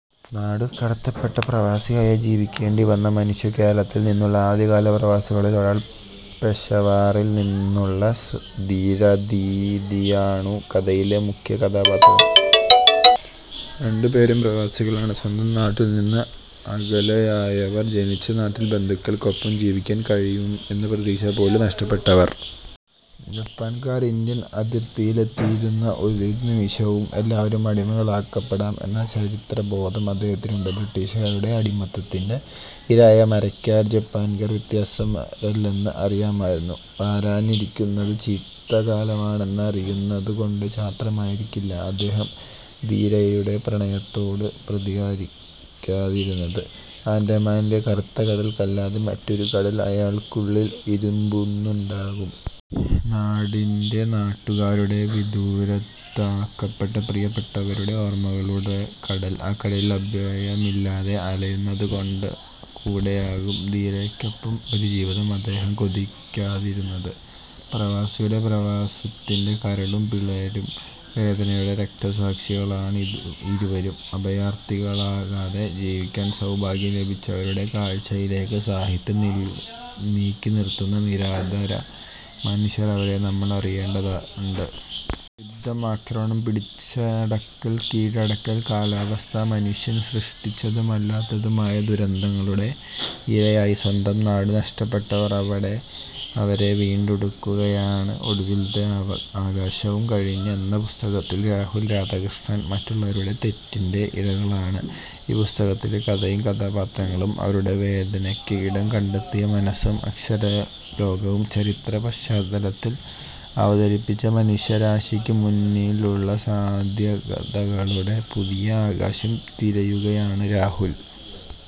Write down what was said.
നാടു കടത്തപ്പെട്ട് പ്രവാസിയായി ജീവിക്കേണ്ടിവന്ന മനുഷ്യൻ. കേരളത്തിൽ നിന്നുള്ള ആദ്യകാല പ്രവാസികളിൽ ഒരാൾ. പെഷവാറിൽ നിന്നുള്ള ധീരാദീദിയാണു കഥയിലെ മുഖ്യ കഥാപാത്രം. ഇരട്ടക്കൊലക്കേസിലെ പ്രതി. രണ്ടു പേരും പ്രവാസികളാണ്. സ്വന്തം നാട്ടിൽ നിന്ന് അകലെയായവർ. ജനിച്ച നാട്ടിൽ ബന്ധുക്കൾക്കൊപ്പം ജീവിക്കാൻ കഴിയും എന്ന പ്രതീക്ഷ പോലും നഷ്ടപ്പെട്ടവർ. ജപ്പാൻകാർ ഇന്ത്യൻ അതിർത്തിയിൽ എത്തിയിരുന്നു. ഏതു നിമിഷവും എല്ലാവരും അടിമകളാക്കപ്പെടും എന്ന ചരിത്രബോധം അദ്ദേഹത്തിനുണ്ട്. ബ്രിട്ടിഷുകാരുടെ അടിമത്തത്തിന്റെ ഇരയായ മരയ്ക്കാർക്കു ജപ്പാൻകാർ വ്യത്യസ്തരല്ലെന്ന് അറിയാമായിരുന്നു. വരാനിരിക്കുന്നതു ചീത്തക്കാലമാണെന്ന് അറിയുന്നതു കൊണ്ടു മാത്രമായിരിക്കില്ല അദ്ദേഹം ധീരയുടെ പ്രണയത്തോടു പ്രതികരിക്കാതിരുന്നത്. ആൻഡമാനിലെ കറുത്ത കടൽ അല്ലാതെ മറ്റൊരു കടൽ അയാൾക്കുള്ളിൽ ഇരമ്പുന്നുണ്ടാകും. നാടിന്റെ, നാട്ടുകാരുടെ, വിദൂരത്താക്കപ്പെട്ട പ്രിയപ്പെട്ടവരുടെ ഓർമകളുടെ കടൽ. ആ കടലിൽ അഭയമില്ലാതെ അലയുന്നതുകൊണ്ടുകൂടിയാകും ധീരയ്ക്കൊപ്പം ഒരു ജീവിതം അദ്ദേഹം കൊതിക്കാതിരുന്നത്. പ്രവാസിയുടെ, പ്രവാസത്തിന്റെ കരളും പിളരും വേദനയുടെ രക്തസാക്ഷികളാണ് ഇരുവരും. അഭയാർഥികളാകാതെ ജീവിക്കാൻ സൗഭാഗ്യം ലഭിച്ചവരുടെ കാഴ്ചയിലേക്കു സാഹിത്യം നീക്കിനിർത്തുന്ന നിരാധാര മനുഷ്യർ. അവരെ നമ്മൾ അറിയേണ്ടതുണ്ട്. യുദ്ധം, ആക്രമണം, പിടിച്ചടക്കൽ, കീഴടക്കൽ, കാലാവസ്ഥ. മനുഷ്യൻ സൃഷ്ടിച്ചതും അല്ലാത്തതുമായ ദുരന്തങ്ങളുടെ ഇരയായി സ്വന്തം നാടു നഷ്ടപ്പെട്ടവർ. അവരെ വീണ്ടെടുക്കുകയാണ് ഒടുവിലത്തെ ആകാശവും കഴിഞ്ഞ് എന്ന പുസ്തകത്തിൽ രാഹുൽ രാധാകൃഷ്ണൻ. മറ്റുള്ളവരുടെ തെറ്റിന്റെ ഇരകളാണ് ഈ പുസ്തകത്തിലെ കഥയും കഥാപാത്രങ്ങളും. അവരുടെ വേദനയ്ക്ക് ഇടം കണ്ടെത്തിയ മനസ്സും അക്ഷരലോകവും ചരിത്ര പശ്ചാത്തലത്തിൽ അവതരിപ്പിച്ച് മനുഷ്യരാശിക്കു മുന്നിലുള്ള സാധ്യതകളുടെ പുതിയ ആകാശം തിരയുകയാണ് രാഹുൽ.